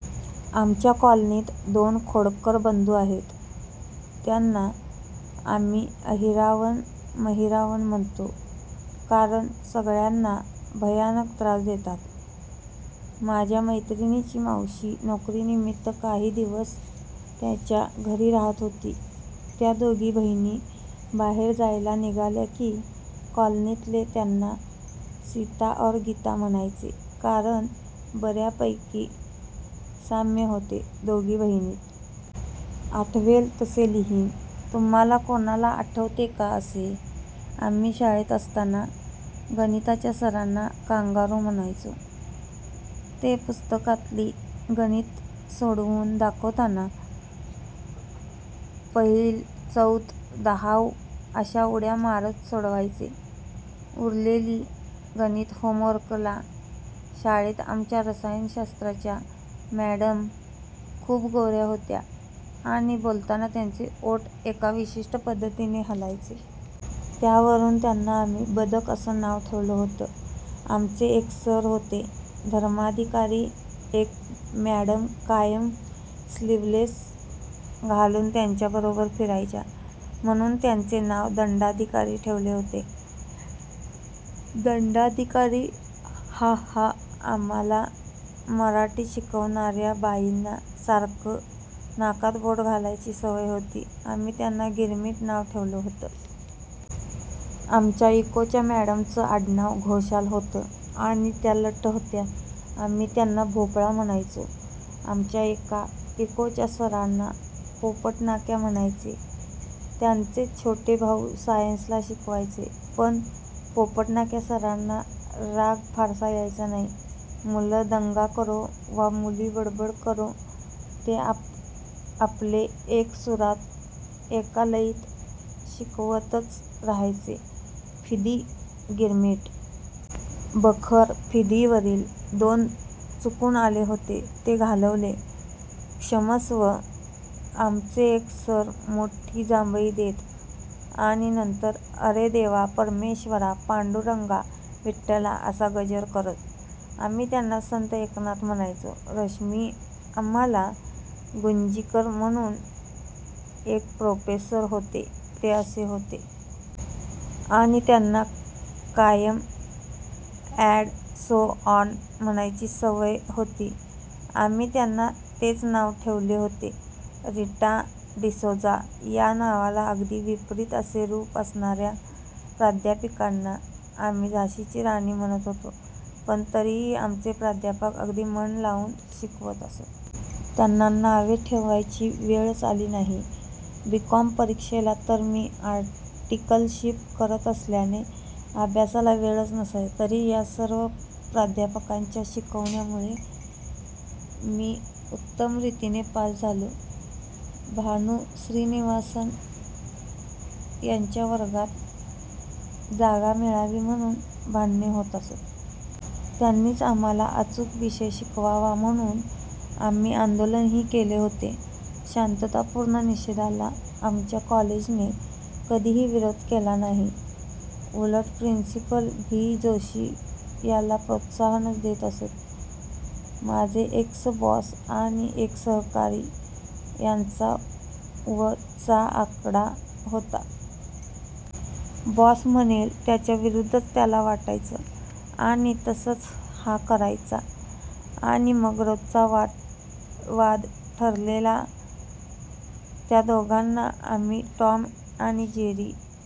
आमच्या कॉलनीत दोन खोडकर बन्धू आहेत. त्याना आम्ही अहीरावण-महीरावण म्हणतो. कारण सगळ्याना भयानक त्रास देतात. माझ्या मैत्रिणीची मावशी नोकरीनिमीत्त काही दिवस त्यान्च्या घरी रहात होती. त्या दोघी बहिणी बाहेर जायला निघाल्या की कॉलनीतले त्याना सीता और गीता म्हणायचे कारण बर्यापैकी साम्य होते दोघी बहिणीत. आठवेल तसे लिहीन, तुम्हाला कोणाला आठवते का असे? आम्ही शाळेत असताना गणिताच्या सरांना कांगारु म्हणायचो. ते पुस्तकातली गणित सोडवुन दाखवताना पहील्, चौथ, दहाव अश्या उड्या मारत सोडवायचे. उरलेली गणित होमवर्कला.. शाळेत आमच्या रसायनशास्त्राच्या मॅडम खूप गोर्या होत्या आणि बोलताना त्यांचे ओठ एका विशिष्ठ पद्धतीने हलायचे. त्यावरुन त्यांना आम्ही "बदक" असं नाव ठेवलं होतं. आमचे एक सर होते धर्माधिकारी. एक म्याडम कायम स्लीवलेस घालुन त्यांच्याबरोबर फिरायच्या. म्हणुन त्यांचे नाव दंडाधिकारी ठेवले होते. दन्डाधिकारी.:हाहा:आम्हाला मराठी शिकवणार्या बाईंना सारखं नाकात बोट घालायची सवय होती आम्ही त्यांना 'गिरमिट' नाव ठेवलं होत. आमच्या इकोच्या मॅडमचं आडनाव घोषाल होतं आणि त्या लठ्ठ होत्या आम्ही त्यांना भोपाळ म्हणायचो. आमच्या एका इकोच्या सराना पोपटनाक्या म्हणायचे, त्यान्चेच छोटे भाऊ सायन्सला शिकवायचे. पण पोपटनाक्या सराना राग फारसा यायचा नाही. मुल दन्गा करो, वा मुली बडबड करो, ते आपले एक सुरात, एका लयीत शिकवतच रहायचे.:फिदी:गिरमीट, बखर.:फिदी:वरील दोन चुकून आले होते.. ते घालवले.. क्षमस्व.. आमचे एक सर मोठ्ठी जांभई देत आणि नंतर "अरे देवा, परमेश्वरा, पांडुरंगा, विठठला" असा गजर करत. आम्ही त्यांना संत एकनाथ म्हणायचो. रश्मी, आम्हाला गुंजीकर म्हणून एक प्रोफेसर होते, ते असे होते. आणि त्यांना कायम अॅंड सो ऑन, म्हणायची सवय होती.. आम्ही त्यांना तेच नाव ठेवले होते. रिटा डिसोझा या नावाला अगदी विपरीत असे रुप असणार्या प्राध्यापिकांना आम्ही झाशीची राणी म्हणत होतो. पण तरीही आमचे प्राध्यापक अगदी मन लावून शिकवत असत. त्यांना नावे ठेवायची वेळच आली नाही. बी कॉम परीक्षेला तर मी आर्टिकलशिप करत असल्याने, अभ्यासाला वेळच नसायचा. तरी या सर्व प्राध्यापकांच्या शिकवण्यामूळे मी उत्तम रितीने पास झालो. भानू श्रीनिवासन यांच्या वर्गात जागा मि़ळावी म्हणून भांडणे होत असत. त्यांनीच आम्हाला अमूक विषय शिकवावा म्हणून आम्ही आंदोलनही केले होते. शांततापूर्ण निषेधाला आमच्या कॉलेजने कधीही विरोध केला नाही. उलट प्रिन्सिपल व्ही. जोशी याला प्रोत्साहनच देत असत. माझे एक्स बॉस आणि एक सहकारी यांचा व चा आकडा होता. बॉस म्हणेल त्याच्या विरुद्धच याला वाटायचं आणि तसंच हा करायचा आणि मग रोजचा वाद ठरलेला. त्या दोघांना आम्ही टॉम आणि जेरी